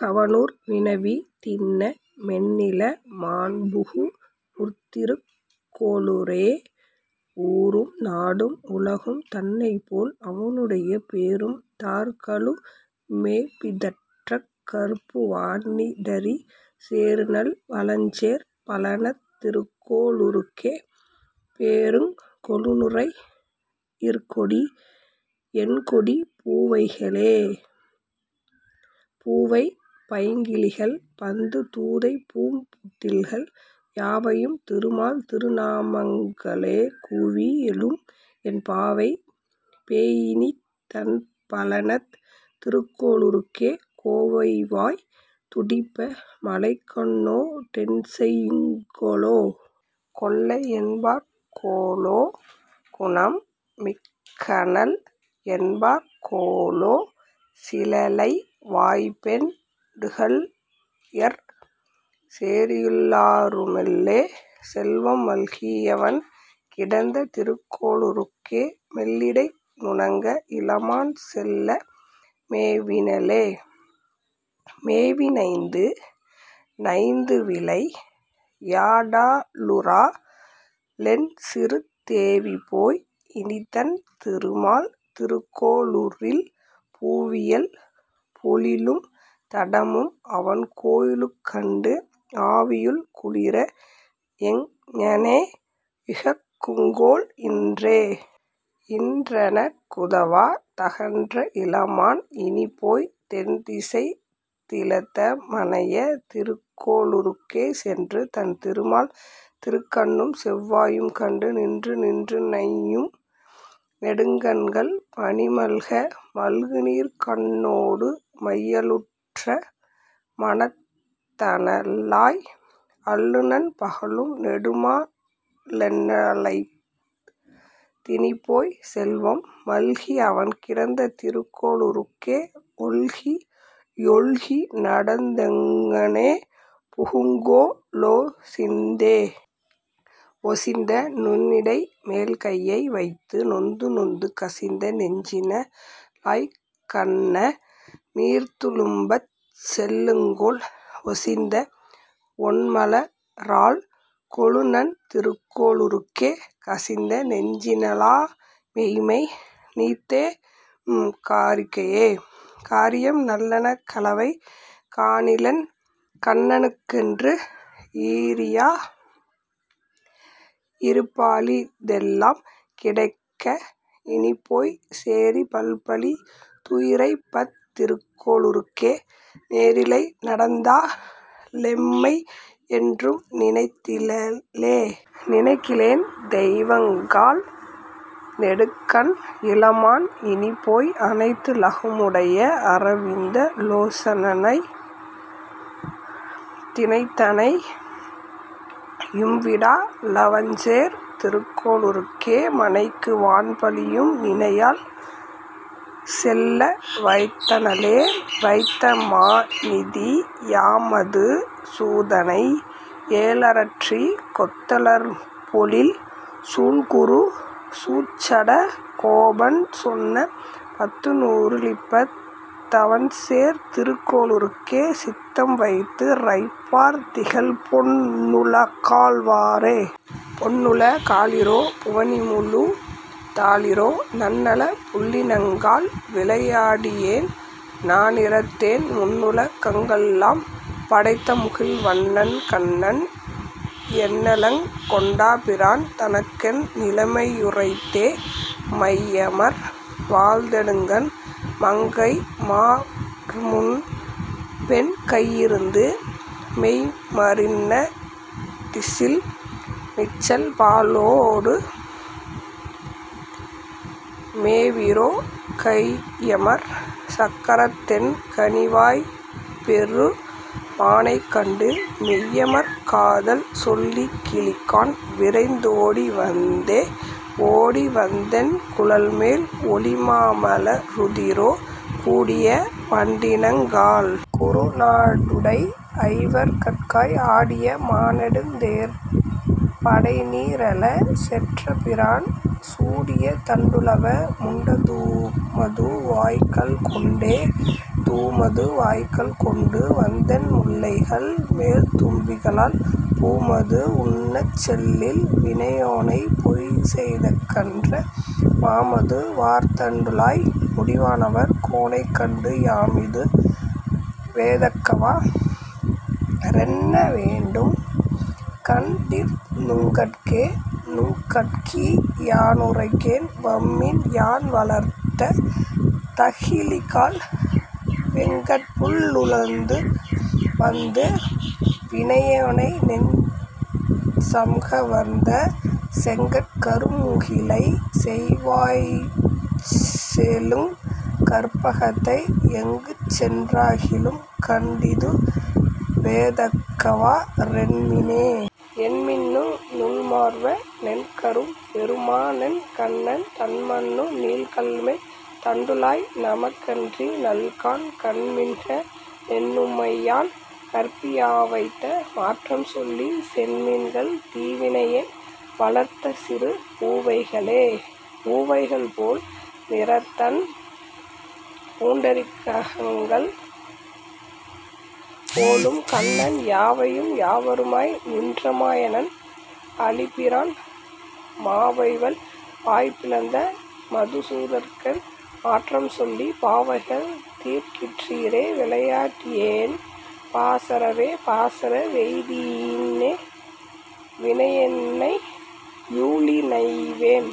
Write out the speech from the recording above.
கவனூர் வினவி, திண்ண மென்னிள மான்புகு மூர்திருக் கோளூரே.. ஊரும் நாடும் உலகும் தன்னைப்போல், அவனுடைய பேரும் தார்களு மேபிதற்றக் கற்பு வானிடறி, சேருநல் வளஞ்சேர் பழனத் திருகோ ளூர்க்கே, போருங் கொலுரை யீர்க்கொடி யேன்கொடி பூவைகளே.. பூவை பைங்கிளிகள் பந்து தூதைபூம் புட்டில்கள், யாவையும் திருமால் திருநாமங் களேகூவி யெழும், என் பாவை போயினித் தண்பழனத் திருக்கோ ளூர்க்கே, கோவைவாய் துடிப்ப மழைக்கண்ணோ டென்செய் யுங்கொலோ?. கொல்லை யென்பர்கொ லோகுணம் மிக்கனள் என்பர்கொலோ, சிலலை வாய்ப்பெண் டுகல்யற் சேரியுள் ளாருமெல்லே, செல்வம் மல்கி யவன்கிடந்த திருக்கோ ளூர்க்கே, மெல்லிடை நுடங்க இளமான் செல்ல மேவினளே.. மேவி நைந்து நைந்துவிளை யாடலுறா ளென்சிறுத் தேவிபோய், இனித்தன் திருமால் திருக்கோ ளூரில், பூவியல் பொழிலும் தடமும் அவன்கோ யிலுங்கண்டு, ஆவியுள் குளிர எங்ஙனே யுகக்குங்கொல் இன்றே?. இன்றெனக் குதவா தகன்ற இளமான் இனிப்போய், தென்திசைத் திலத மனைய திருக்கோ ளூர்க்கே சென்று, தன் திருமால் திருக்கண்ணும் செவ்வாயும் கண்டு, நின்று நின்று நையும் நெடுங்கண்கள் பனிமல்க.. மல்குநீர் கண்ணோடு மையலுற்ற மனத்தனளாய், அல்லுநன் பகலும் நெடுமாலென்றழைத் தினிப்போய், செல்வம் மல்கி அவன்கிடந்த திருக்கோ ளூர்க்கே, ஒல்கி யொல்கி நடந்தெங்ஙனே புகுங்கொ லோசிந்தே?. ஒசிந்த நுண்ணிடை மேல்கையை வைத்து நொந்துநொந்து, கசிந்த நெஞ்சின ளாய்க்கண்ண நீர்த்துளும்பச் செல்லுங்கொல், ஒசிந்த வொண்மல ராள்கொழுநன் திருக்கோ ளூர்க்கே, கசிந்த நெஞ்சின ளாயெம்மை நீத்ஏஎ ம் காரிகையே?. காரியம் நல்லன களவை காணிலென் கண்ணனுக்கென்று, ஈரியா யிருப்பாளி தெல்லாம் கிடக்க இனிப்போய், சேரி பல்பழி தூயிரைப்பத் திருக்கோ ளூர்க்கே, நேரிழை நடந்தா ளெம்மை யொன்றும் நினைத்திலளே.. நினைக்கிலேன் தெய்வங்காள் நெடுங்கண் இளமான் இனிப்போய், அனைத்து லகுமு டைய அரவிந்த லோசனனை, தினைத்தனை யும்விடா ளவன்சேர் திருக்கோ ளூர்க்கே, மனைக்கு வான்பழியும் நினையாள் செல்ல வைத்தனளே. வைத்த மாநிதி யாம்மது சூதனை யேயலற்றி, கொத்த லர்பொழில் சூழ்குரு கூர்ச்சட கோபன்சொன்ன, பத்து நூறு ளிப்பத் தவன்சேர் திருக்கோளூர்க்கே, சித்தம் வைத்து ரைப்பார் திகழ்பொன் னுலகாள்வாரே. பொன்னுல காளீரோ? புவனிமுழு தாளீரோ?, நன்னலப் புள்ளினங்காள். வினையாட்டியேன்நானிரந்தேன், முன்னுல கங்களெல்லாம் படைத்தமுகில்வண்ணன்கண்ணன், என்னலங் கொண்டாபிரான் தனக்கென் நிலைமையுரைத்தே?. மையமர் வாள்நெடுங்கண் மங்கைமார்முன்பென் கையிருந்து, நெய்யம ரின்னடிசில் நிச்சல்பாலோடு மேவீரோ, கையமர் சக்கரத்தென் கனிவாய்ப்பெரு மானைக்கண்டு மெய்யமர் காதல்சொல்லிக் கிளிகாள். விரைந் தோடிவந்தே?. ஓடிவந் தென்குழல்மேல் ஒளிமாமல ரூதீரோ, கூடிய வண்டினங்காள். குருநாடுடை ஐவர்கட்காய் ஆடிய மாநெடுந்தேர்ப் படைநீறெழ செற்றபிரான், சூடிய தண்டுளவ முண்டதூமது வாய்கள்கொண்டே?. தூமது வாய்கள்கொண்டு வந்தென்முல்லைகள் மேல்தும்பிகலால் பூமது வுண்ணச்செல்லில் வினையேனைப் பொய்செய்தகன்ற, மாமது வார்தண்டுழாய் முடிவானவர் கோனைக்கண்டு, யாமிது வோதக்கவா றென்னவேண்டும்கண் டீர்நுங்கட்கே.. நுங்கட்கி யானுரைக்கேன் வம்மின்யான்வளர்த் தகிளிகாள், வெங்கட்புள் ளூர்ந்துவந்து வினையேனைநெஞ் சம்கவர்ந்த, செங்கட் கருமுகிலைச் செய்யவாய்ச்செழுங் கற்பகத்தை, எங்குச்சென் றாகிலும்கண் டிதுவோதக்க வாறென்மினே.. என்மின்னு நூல்மார்வ னென்கரும்பெரு மானென்கண்ணன், தன்மன்னு நீள்கழல்மேல் தண்டுழாய்நமக் கன்றிநல்கான், கன்மின்க ளென்றும்மையான் கற்பியாவைத்த மாற்றம்சொல்லி, சென்மின்கள் தீவினையேன் வளர்த்தசிறு பூவைகளே.. பூவைகள் போல்நிறத்தன் புண்டரீகங்கள் போலும்கண்ணன், யாவையும் யாவருமாய் நின்றமாயனென் ஆழிபிரான், மாவைவல் வாய்பிளந்த மதுசூதற்கென் மாற்றம்சொல்லி, பாவைகள். தீர்க்கிற்றிரே வினையாட்டியேன் பாசறவே.. பாசற வெய்தியின்னே வினையேனெனை யூழிநைவேன்?,